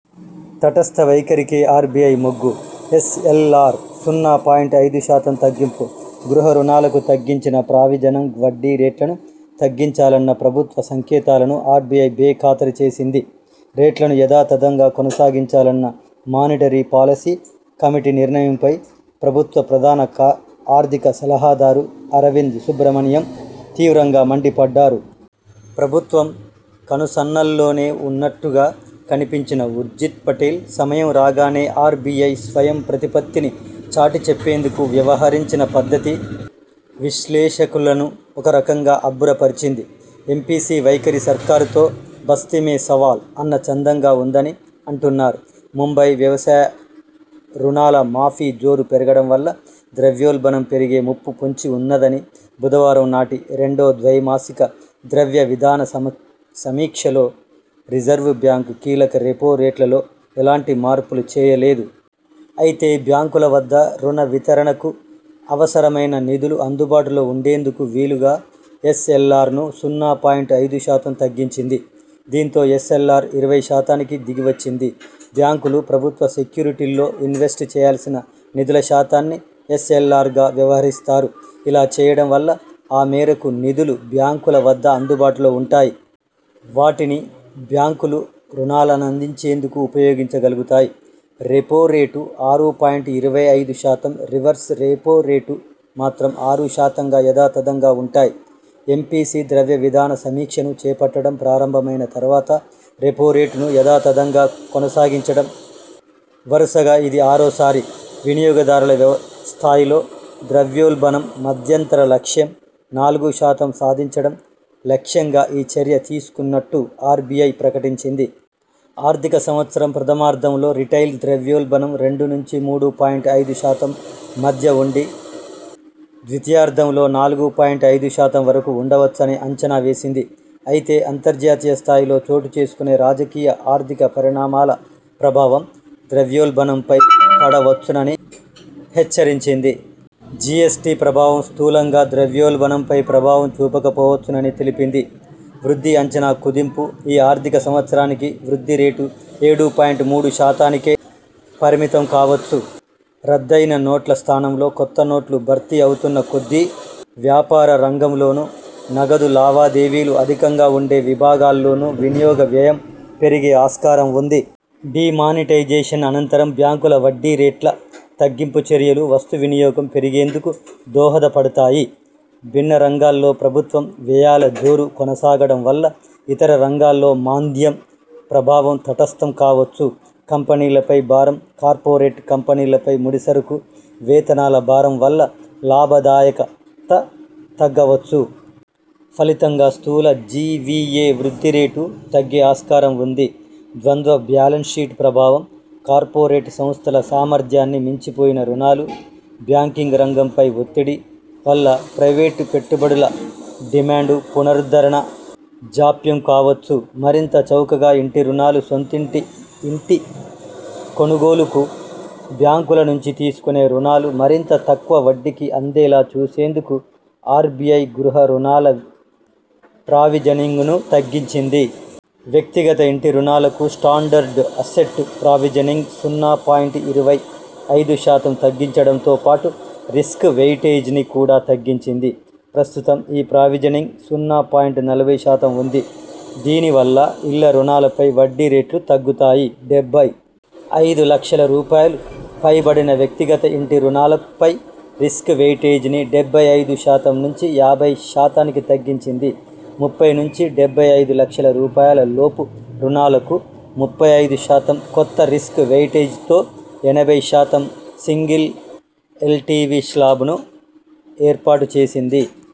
తటస్థ వైఖరికే ఆర్బిఐ మొగ్గుఎస్ఎల్ఆర్ సున్నా పాయింట్ ఐదు శాతం తగ్గింపుగృహ రుణాలకు తగ్గించిన ప్రావిజనింగ్వడ్డీరేట్లను తగ్గించాలన్న ప్రభుత్వ సంకేతాలను ఆర్బిఐ బేఖాతర్ చేసింది. రేట్లను యథాతథంగా కొనసాగించాలన్న మానిటరీ పాలసీ కమిటీ నిర్ణయంపై ప్రభుత్వ ప్రధాన ఆర్థిక సలహాదారు అరవింద్ సుబ్రమణియన్ తీవ్రంగా మండిపడ్డారు. ప్రభుత్వం కనుసన్నల్లోనే ఉన్నట్టుగా కనిపించిన ఉర్జిత్ పటేల్ సమయం రాగానే ఆర్బిఐ స్వయం ప్రతిపత్తిని చాటి చెప్పేందుకు వ్యవహరించిన పద్ధతి విశ్లేషకులను ఒక రకంగా అబ్బురపర్చింది. ఎంపిసి వైఖరి సర్కారుతో బస్తీమే సవాల్ అన్నచందంగా ఉందని అంటున్నారు. ముంబై వ్యవసాయ రుణాల మాఫీ జోరు పెరగడం వల్ల ద్రవ్యోల్బణం పెరిగే ముప్పు పొంచి ఉన్నదని బుధవారం నాటి రెండో ద్వైమాసిక ద్రవ్య విధాన సమీక్షలో రిజర్వు బ్యాంకు కీలక రెపో రేట్లలో ఎలాంటి మార్పులు చేయలేదు. అయితే బ్యాంకుల వద్ద రుణ వితరణకు అవసరమైన నిధులు అందుబాటులో ఉండేందుకు వీలుగా ఎస్ఎల్ఆర్ను సున్నా పాయింట్ ఐదు శాతం తగ్గించింది. దీంతో ఎస్ఎల్ఆర్ ఇరవై శాతానికి దిగివచ్చింది. బ్యాంకులు ప్రభుత్వ సెక్యూరిటీల్లో ఇన్వెస్ట్ చేయాల్సిన నిధుల శాతాన్ని ఎస్ఎల్ఆర్గా వ్యవహరిస్తారు. ఇలా చేయడం వల్ల ఆ మేరకు నిధులు బ్యాంకుల వద్ద అందుబాటులో ఉంటాయి. వాటిని బ్యాంకులు రుణాలందించేందుకు ఉపయోగించగలుగుతాయి. రెపో రేటు ఆరు పాయింట్ ఇరవై ఐదు శాతం, రివర్స్ రెపో రేటు మాత్రం ఆరు శాతంగా యథాతథంగా ఉంటాయి ఎంపిసి ద్రవ్యవిధాన సమీక్షను చేపట్టడం ప్రారంభమైన తర్వాత రెపో రేటును యథాతథంగా కొనసాగించడం వరుసగా ఇది ఆరోసారి. వినియోగదారుల స్థాయిలో ద్రవ్యోల్బణం మధ్యంతర లక్ష్యం నాలుగు శాతం సాధించడం లక్ష్యంగా ఈ చర్య తీసుకున్నట్టు ఆర్బిఐ ప్రకటించింది. ఆర్థిక సంవత్సరం ప్రథమార్ధంలో రిటైల్ ద్రవ్యోల్బణం రెండు నుంచి మూడు పాయింట్ ఐదు శాతం మధ్య ఉండి ద్వితీయార్ధంలో నాలుగు పాయింట్ ఐదు శాతం వరకు ఉండవచ్చని అంచనా వేసింది అయితే అంతర్జాతీయ స్థాయిలో చోటు చేసుకునే రాజకీయ, ఆర్థిక పరిణామాల ప్రభావం ద్రవ్యోల్బణంపై పడవచ్చునని హెచ్చరించింది. జిఎస్టీ ప్రభావం స్థూలంగా ద్రవ్యోల్బణంపై ప్రభావం చూపకపోవచ్చునని తెలిపింది. వృద్ధి అంచనా కుదింపు ఈ ఆర్థిక సంవత్సరానికి వృద్ధి రేటు ఏడు పాయింట్ మూడు శాతానికే పరిమితంకావచ్చు రద్దయిన నోట్ల స్థానంలో కొత్త నోట్లు భర్తీ అవుతున్న కొద్దీ వ్యాపార రంగంలోను, నగదు లావాదేవీలు అధికంగా ఉండే విభాగాల్లోను వినియోగ వ్యయం పెరిగే ఆస్కారం ఉంది. డీమానిటైజేషన్ అనంతరం బ్యాంకుల వడ్డీ రేట్ల తగ్గింపు చర్యలు వస్తు వినియోగం పెరిగేందుకు దోహదపడతా యి. భిన్న రంగాల్లో ప్రభుత్వం వ్యయాల జోరు కొనసాగడం వల్ల ఇతర రంగాల్లో మాంద్యం ప్రభావం తటస్థం కావచ్చు. కంపెనీలపై భారం కార్పొరేట్ కంపెనీలపై ముడిసరకు, వేతనాల భారం వల్ల లాభదాయకత తగ్గవచ్చు. ఫలితంగా స్థూల జివిఎ వృద్ధి రేటు తగ్గే ఆస్కారం ఉంది. ద్వంద్వ బ్యాలెన్స్షీట్ ప్రభావం-కార్పొరేట్ సంస్థల సామర్థ్యాన్ని మించిపోయిన రుణాలు, బ్యాంకింగ్ రంగంపై ఒత్తిడి-వల్ల ప్రైవేటు పెట్టుబడుల డిమాండు పునరుద్ధరణ జాప్యం కావచ్చు. మరింత చౌకగా ఇంటి రుణాలు సొంతింటి ఇంటి కొనుగోలుకు బ్యాంకుల నుంచి తీసుకునే రుణాలు మరింత తక్కువ వడ్డీకి అందేలా చూసేందుకు ఆర్బిఐ గృహ రుణాల ప్రావిజనింగ్ను తగ్గించింది. వ్యక్తిగత ఇంటి రుణాలకు స్టాండర్డ్ అసెట్ ప్రావిజనింగ్ సున్నా పాయింట్ ఇరవై ఐదు శాతం తగ్గించడంతో పాటు రిస్క్ వెయిటేజ్ని కూడా తగ్గించింది ప్రస్తుతం ఈ ప్రావిజనింగ్ సున్నా పాయింట్ నలభై శాతం ఉంది దీని వల్ల ఇళ్ల రుణాలపై వడ్డీ రేట్లు తగ్గుతాయి. డెబ్బై ఐదు లక్షల రూపాయలు పైబడిన వ్యక్తిగత ఇంటి రుణాలపై రిస్క్ వెయిటేజ్ని డెబ్బై ఐదు శాతం నుంచి యాభై శాతానికి తగ్గించింది ముప్పై నుంచి డెబ్బై ఐదు లక్షల రూపాయల లోపు రుణాలకు ముప్పై ఐదు శాతం కొత్త రిస్క్ వెయిటేజ్తో ఎనభై శాతం సింగిల్ ఎల్టివి శ్లాబ్ను ఏర్పాటు చేసింది